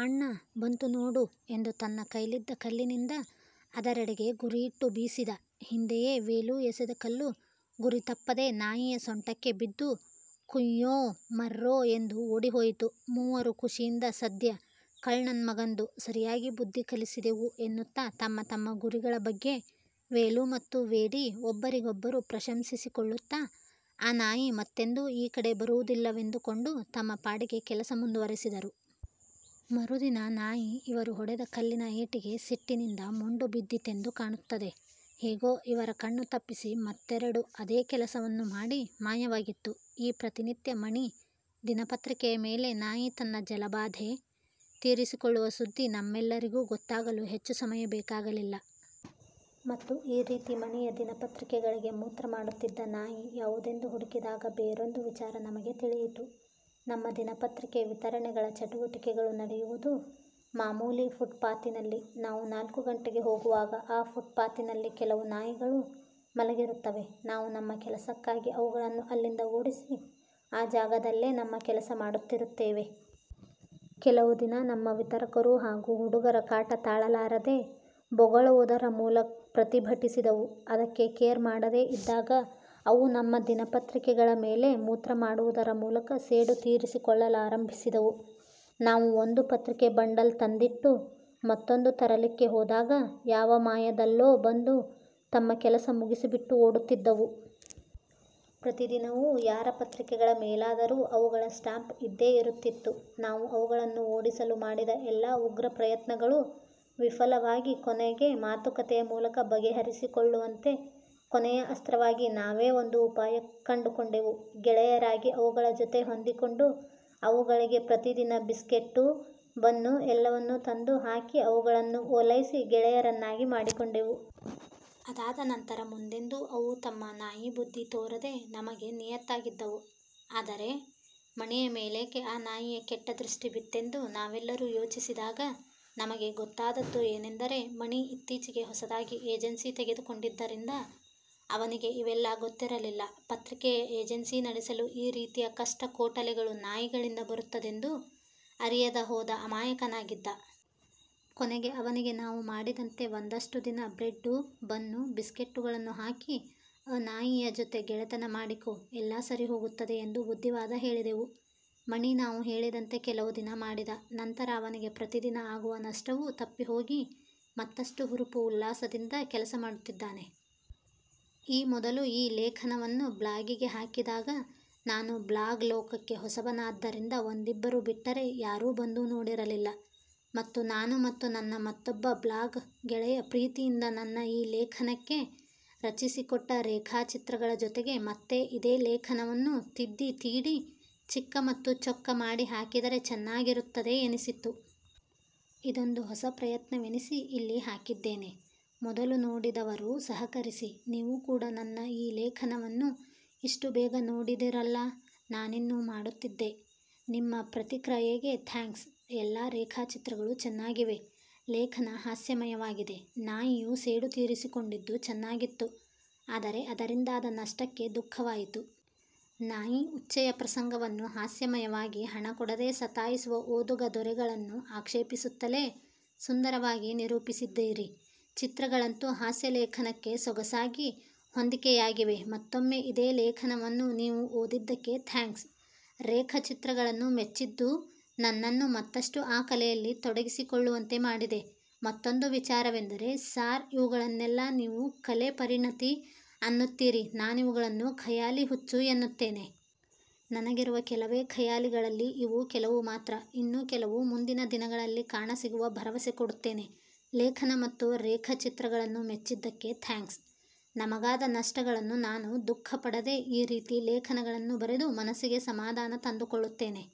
"ಆಣ್ಣ ಬಂತು ನೋಡು ಎಂದು ತನ್ನ ಕೈಯಲ್ಲಿದ್ದ ಕಲ್ಲಿನಿಂದ ಅದರೆಡೆಗೆ ಗುರಿಯಿಟ್ಟು ಬೀಸಿದ. ಹಿಂದೆಯೇ ವೇಲು ಎಸೆದ ಕಲ್ಲು ಗುರಿತಪ್ಪದೇ ನಾಯಿಯ ಸೊಂಟಕ್ಕೆ ಬಿದ್ದು ಕುಯ್ಯೋ ಮರ್ರೋ ಎಂದು ಓಡಿಹೋಯಿತು. ಮೂವರು ಖುಷಿಯಿಂದ ಸದ್ಯ ಕಳ್ಳನನ್ ಮಗಂದು ಸರಿಯಾಗಿ ಬುದ್ಧಿ ಕಲಿಸಿದೆವು ಎನ್ನುತ್ತಾ ತಮ್ಮ ತಮ್ಮ ಗುರಿಗಳ ಬಗ್ಗೆ ವೇಲು ಮತ್ತು ವೇಡಿ ಒಬ್ಬರಿಗೊಬ್ಬರು ಪ್ರಶಂಸಿಸಿಕೊಳ್ಳುತ್ತಾ ಆ ನಾಯಿ ಮತ್ತೆಂದು ಈ ಕಡೆ ಬರುವುದಿಲ್ಲವೆಂದುಕೊಂಡು ತಮ್ಮ ಪಾಡಿಗೆ ಕೆಲಸ ಮುಂದುವರಿಸಿದರು. ಮರುದಿನ ನಾಯಿ ಇವರು ಹೊಡೆದ ಕಲ್ಲಿನ ಏಟಿಗೆ ಸಿಟ್ಟಿನಿಂದ ಮೊಂಡುಬಿದ್ದಿತೆಂದು ಕಾಣುತ್ತದೆ. ಹೇಗೋ ಇವರ ಕಣ್ಣು ತಪ್ಪಿಸಿ ಮತ್ತೆರಡು ಆದೇ ಕೆಲಸವನ್ನು ಮಾಡಿ ಮಾಯವಾಗಿತ್ತು. ಈ ಪ್ರತಿನಿತ್ಯ ಮಣಿ ದಿನಪತ್ರಿಕೆಯ ಮೇಲೆ ನಾಯಿ ತನ್ನ ಜಲಭಾದೆ ತೀರಿಸಿಕೊಳ್ಳುವ ಸುದ್ಧಿ ನಮಗೆಲ್ಲರಿಗೂ ಗೊತ್ತಾಗಲು ಹೆಚ್ಚು ಸಮಯ ಬೇಕಾಗಲಿಲ್ಲ. ಮತ್ತು ಈ ರೀತಿ ಮಣಿಯ ದಿನಪತ್ರಿಕೆಗಳಿಗೆ ಮೂತ್ರ ಮಾಡುತ್ತಿದ್ದ ನಾಯಿ ಯಾವುದೆಂದು ಹುಡುಕಿದಾಗ ಬೇರೊಂದು ವಿಚಾರ ನಮಗೆ ತಿಳಿಯಿತು. ನಮ್ಮ ದಿನಪತ್ರಿಕೆ ವಿತರಣೆಗಳ ಚಟುವಟಿಕೆಗಳು ನಡೆಯುವುದು ಮಾಮೂಲಿ ಫುಟ್ ಪಾತಿನಲ್ಲಿ. ನಾವು ನಾಲ್ಕು ಗಂಟೆಗೆ ಹೋಗುವಾಗ ಆ ಫುಟ್ ಪಾತಿನಲ್ಲಿ ಕೆಲವು ನಾಯಿಗಳು ಮಲಗಿರುತ್ತವೆ. ನಾವು ನಮ್ಮ ಕೆಲಸಕ್ಕಾಗಿ ಅವುಗಳನ್ನು ಅಲ್ಲಿಂದ ಓಡಿಸಿ ಆ ಜಾಗದಲ್ಲೇ ನಮ್ಮ ಕೆಲಸ ಮಾಡುತ್ತಿರುತ್ತೇವೆ. ಕೆಲವು ದಿನ ನಮ್ಮ ವಿತರಕರು ಹಾಗೂ ಹುಡುಗರ ಕಾಟ ತಾಳಲಾರದೆ, ಬೊಗಳುವುದರ ಮೂಲಕ್ ಪ್ರತಿಭಟಿಸಿದವು. ಅದಕ್ಕೆ ಕೇರ್ ಮಾಡದೆ ಇದ್ದಾಗ ಅವು ನಮ್ಮ ದಿನಪತ್ರಿಕೆಗಳ ಮೇಲೆ ಮೂತ್ರ ಮಾಡುವುದರ ಮೂಲಕ ಸೇಡು ತೀರಿಸಿಕೊಳ್ಳಲಾರಂಭಿಸಿದವು. ನಾವು ಒಂದು ಪತ್ರಿಕೆ ಬಂಡಲ್ ತಂದಿಟ್ಟು ಮತ್ತೊಂದು ತರಲಿಕ್ಕೆ ಹೋದಾಗ ಯಾವ ಮಾಯದಲ್ಲೋ ಬಂದು ತಮ್ಮ ಕೆಲಸ ಮುಗಿಸಿಬಿಟ್ಟು ಓಡುತ್ತಿದ್ದವು. ಪ್ರತಿದಿನವೂ ಯಾರ ಪತ್ರಿಕೆಗಳ ಮೇಲಾದರೂ ಅವುಗಳ ಸ್ಟಾಂಪ್ ಇದ್ದೇ ಇರುತ್ತಿತ್ತು. ನಾವು ಅವುಗಳನ್ನು ಓಡಿಸಲು ಮಾಡಿದ ಎಲ್ಲಾ ಉಗ್ರ ಪ್ರಯತ್ನಗಳು ವಿಫಲವಾಗಿ ಕೊನೆಗೆ ಮಾತುಕತೆಯ ಮೂಲಕ ಬಗೆಹರಿಸಿಕೊಳ್ಳುವಂತೆ ಕೊನೆಯ ಅಸ್ತ್ರವಾಗಿ ನಾವೇ ಒಂದು ಉಪಾಯ ಕಂಡು ಕೊಂಡೆವು. ಗೆಳೆಯರಾಗಿ ಅವುಗಳ ಜೊತೆ ಹೊಂದಿಕೊಂಡು ಅವುಗಳಿಗೆ ಪ್ರತಿದಿನ ಬಿಸ್ಕೆಟ್ಟು, ಬನ್ನು ಎಲ್ಲವನ್ನು ತಂದು ಹಾಕಿ ಅವುಗಳನ್ನು ಓಲೈಸಿ ಗೆಳೆಯರನ್ನಾಗಿ ಮಾಡಿಕೊಂಡೆವು. ಅದಾದ ನಂತರ ಮುಂದೆಂದು ಅವು ತಮ್ಮ ನಾಯಿ ಬುದ್ದಿ ತೋರದೆ ನಮಗೆ ನಿಯತ್ತಾಗಿದ್ದವು. ಅದರೆ ಮಣಿಯ ಮೇಲೇಕೆ ಆ ನಾಯಿಯ ಕೆಟ್ಟ ದೃಷ್ಟಿ ಬಿತ್ತೆಂದು ನಾವೆಲ್ಲರೂ ಯೋಚಿಸಿದಾಗ ನಮಗೆ ಗೊತ್ತಾದದ್ದು ಏನೆಂದರೆ, ಮಣಿ ಇತ್ತೀಚೆಗೆ ಹೊಸದಾಗಿ ಏಜೆನ್ಸಿ ತೆಗೆದುಕೊಂಡಿದ್ದರಿಂದ ಅವನಿಗೆ ಇವೆಲ್ಲಾ ಗೊತ್ತಿರಲಿಲ್ಲ. ಪತ್ರಿಕೆಯ ಏಜೆನ್ಸಿ ನಡೆಸಲು ಈ ರೀತಿಯ ಕಷ್ಟ-ಕೋಟಲೆಗಳು ನಾಯಿಗಳಿಂದ ಬರುತ್ತದೆಂದು ಅರಿಯದ ಹೋದ ಅಮಾಯಕನಾಗಿದ್ದ. ಕೊನೆಗೆ ಅವನಿಗೆ ನಾವು ಮಾಡಿದಂತೆ ಒಂದಷ್ಟು ದಿನ ಬ್ರೆಡ್ಡು, ಬನ್ನು, ಬಿಸ್ಕೆಟ್ಟುಗಳನ್ನು ಹಾಕಿ ಅ ನಾಯಿಯ ಜೊತೆ ಗೆಳೆತನ ಮಾಡಿಕೊ ಎಲ್ಲಾ ಸರಿಹೋಗುತ್ತದೆ ಎಂದು ಬುದ್ಧಿವಾದ ಹೇಳಿದೆವು. ಮಣಿ ನಾವು ಹೇಳಿದಂತೆ ಕೆಲವು ದಿನ ಮಾಡಿದ ನಂತರ ಅವನಿಗೆ ಪ್ರತಿದಿನ ಆಗುವ ನಷ್ಟವು ತಪ್ಪಿಹೋಗಿ ಮತ್ತಷ್ಟು ಹುರುಪು ಉಲ್ಲಾಸದಿಂದ ಕೆಲಸ ಮಾಡುತ್ತಿದ್ದಾನೆ. ಈ ಮೊದಲು ಈ ಲೇಖನವನ್ನು ಬ್ಲಾಗಿಗೆ ಹಾಕಿದಾಗ ನಾನು ಬ್ಲಾಗ್ ಲೋಕಕ್ಕೆ ಹೊಸಬನಾದ್ದರಿಂದ ಒಂದಿಬ್ಬರು ಬಿಟ್ಟರೆ ಯಾರು ಬಂದು ನೋಡಿರಲಿಲ್ಲ. ಮತ್ತು ನಾನು ಮತ್ತು ನನ್ನ ಮತ್ತೊಬ್ಬ ಬ್ಲಾಗ್ ಗೆಳಯ ಪ್ರೀತಿಯಿಂದ ನನ್ನ ಈ ಲೇಖನಕ್ಕೆ ರಚಿಸಿಕೊಟ್ಟ ರೇಖಾಚಿತ್ರಗಳ ಜೊತೆಗೆ ಮತ್ತೆ ಇದೇ ಲೇಖನವನ್ನು ತಿದ್ದಿ ತೀಡಿ ಚಿಕ್ಕ ಮತ್ತು ಚೊಕ್ಕ ಮಾಡಿ ಹಾಕಿದರೆ ಚೆನ್ನಾಗಿರುತ್ತದೆ ಎನಿಸಿತ್ತು. ಇದೊಂದು ಹೊಸ ಪ್ರಯತ್ನವೆನಿಸಿ ಇಲ್ಲಿ ಹಾಕಿದ್ದೇನೆ. ಮೊದಲು ನೋಡಿದವರೂ ಸಹಕರಿಸಿ. ನೀವು ಕೂಡ ನನ್ನ ಈ ಲೇಖನವನ್ನು ಇಷ್ಟು ಬೇಗ ನೋಡಿದಿರಲ್ಲ! ನಾನಿನ್ನು ಮಾಡುತ್ತಿದ್ದೆ. ನಿಮ್ಮ ಪ್ರತಿಕ್ರಯೆಗೆ ಥ್ಯಾಂಕ್ಸ್. ಎಲ್ಲಾ ರೇಖಾಚಿತ್ರಗಳು ಚೆನ್ನಾಗಿವೆ. ಲೇಖನ ಹಾಸ್ಯಮಯವಾಗಿದೆ. ನಾಯಿಯು ಸೇಡು ತೀರಿಸಿಕೊಂಡಿದ್ದು ಚೆನ್ನಾಗಿತ್ತುಆದರೆ ಅದರಿಂದಾದ ನಷ್ಟಕ್ಕೆ ದುಃಖವಾಯಿತು. ನಾಯಿ ಉಚ್ಚೆಯ ಪ್ರಸಂಗವನ್ನು ಹಾಸ್ಯಮಯವಾಗಿ, ಹಣಕೊಡದೆ ಸತಾಯಿಸುವ ಓದುಗ 'ದೊರೆ'ಗಳನ್ನು ಆಕ್ಷೇಪಿಸುತ್ತಲೇ ಸುಂದರವಾಗಿ ನಿರೂಪಿಸಿದ್ದೀರಿ, ಚಿತ್ರಗಳಂತೂ ಹಾಸ್ಯಲೇಖನಕ್ಕೆ ಸೊಗಸಾಗಿ ಹೊಂದಿಕೆಯಾಗಿವೆಮತ್ತೊಮ್ಮೆ ಇದೇ ಲೇಖನವನ್ನು ನೀವು ಓದಿದಕ್ಕೆ ಥ್ಯಾಂಕ್ಸ್. ರೇಖಚಿತ್ರಗಳನ್ನು ಮೆಚ್ಚಿದ್ದು ನನ್ನನ್ನು ಮತ್ತಷ್ಟು ಆ ಕಲೆಯಲ್ಲಿ ತೊಡಗಿಸಿಕೊಳ್ಳುವಂತೆ ಮಾಡಿದೆ. ಮತ್ತೊಂದು ವಿಚಾರವೆಂದರೆ ಸಾರ್ ಇವುಗಳನ್ನೆಲ್ಲಾ ನೀವು ಕಲೆ ಪರಿಣತಿ ಅನ್ನುತ್ತೀರಿನಾನಿವುಗಳನ್ನು ಖಯಾಲಿ, ಹುಚ್ಚು, ಎನ್ನುತ್ತೇನೆ. ನನಗಿರುವ ಕೆಲವೇ ಖಯಾಲಿಗಳಲ್ಲಿ ಇವು ಕೆಲವು ಮಾತ್ರ. ಇನ್ನು ಕೆಲವು ಮುಂದಿನ ದಿನಗಳಲ್ಲಿ ಕಾಣಸಿಗುವ ಭರವಸೆಕೊಡುತ್ತೇನೆಲೇಖನ ಮತ್ತು ರೇಖ ಚಿತ್ರಗಳನ್ನು ಮೆಚ್ಚಿದ್ದಕ್ಕೆ ಥ್ಯಾಂಕ್ಸ್. ನಮಗಾದ ನಷ್ಟಗಳನ್ನು ನಾನು ದುಃಖಪಡದೆ ಈ ರೀತಿ ಲೇಖನಗಳನ್ನು ಬರೆದು ಮನಸ್ಸಿಗೆ ಸಮಾಧಾನ ತಂದುಕೊಳ್ಳುತ್ತೇನೆ.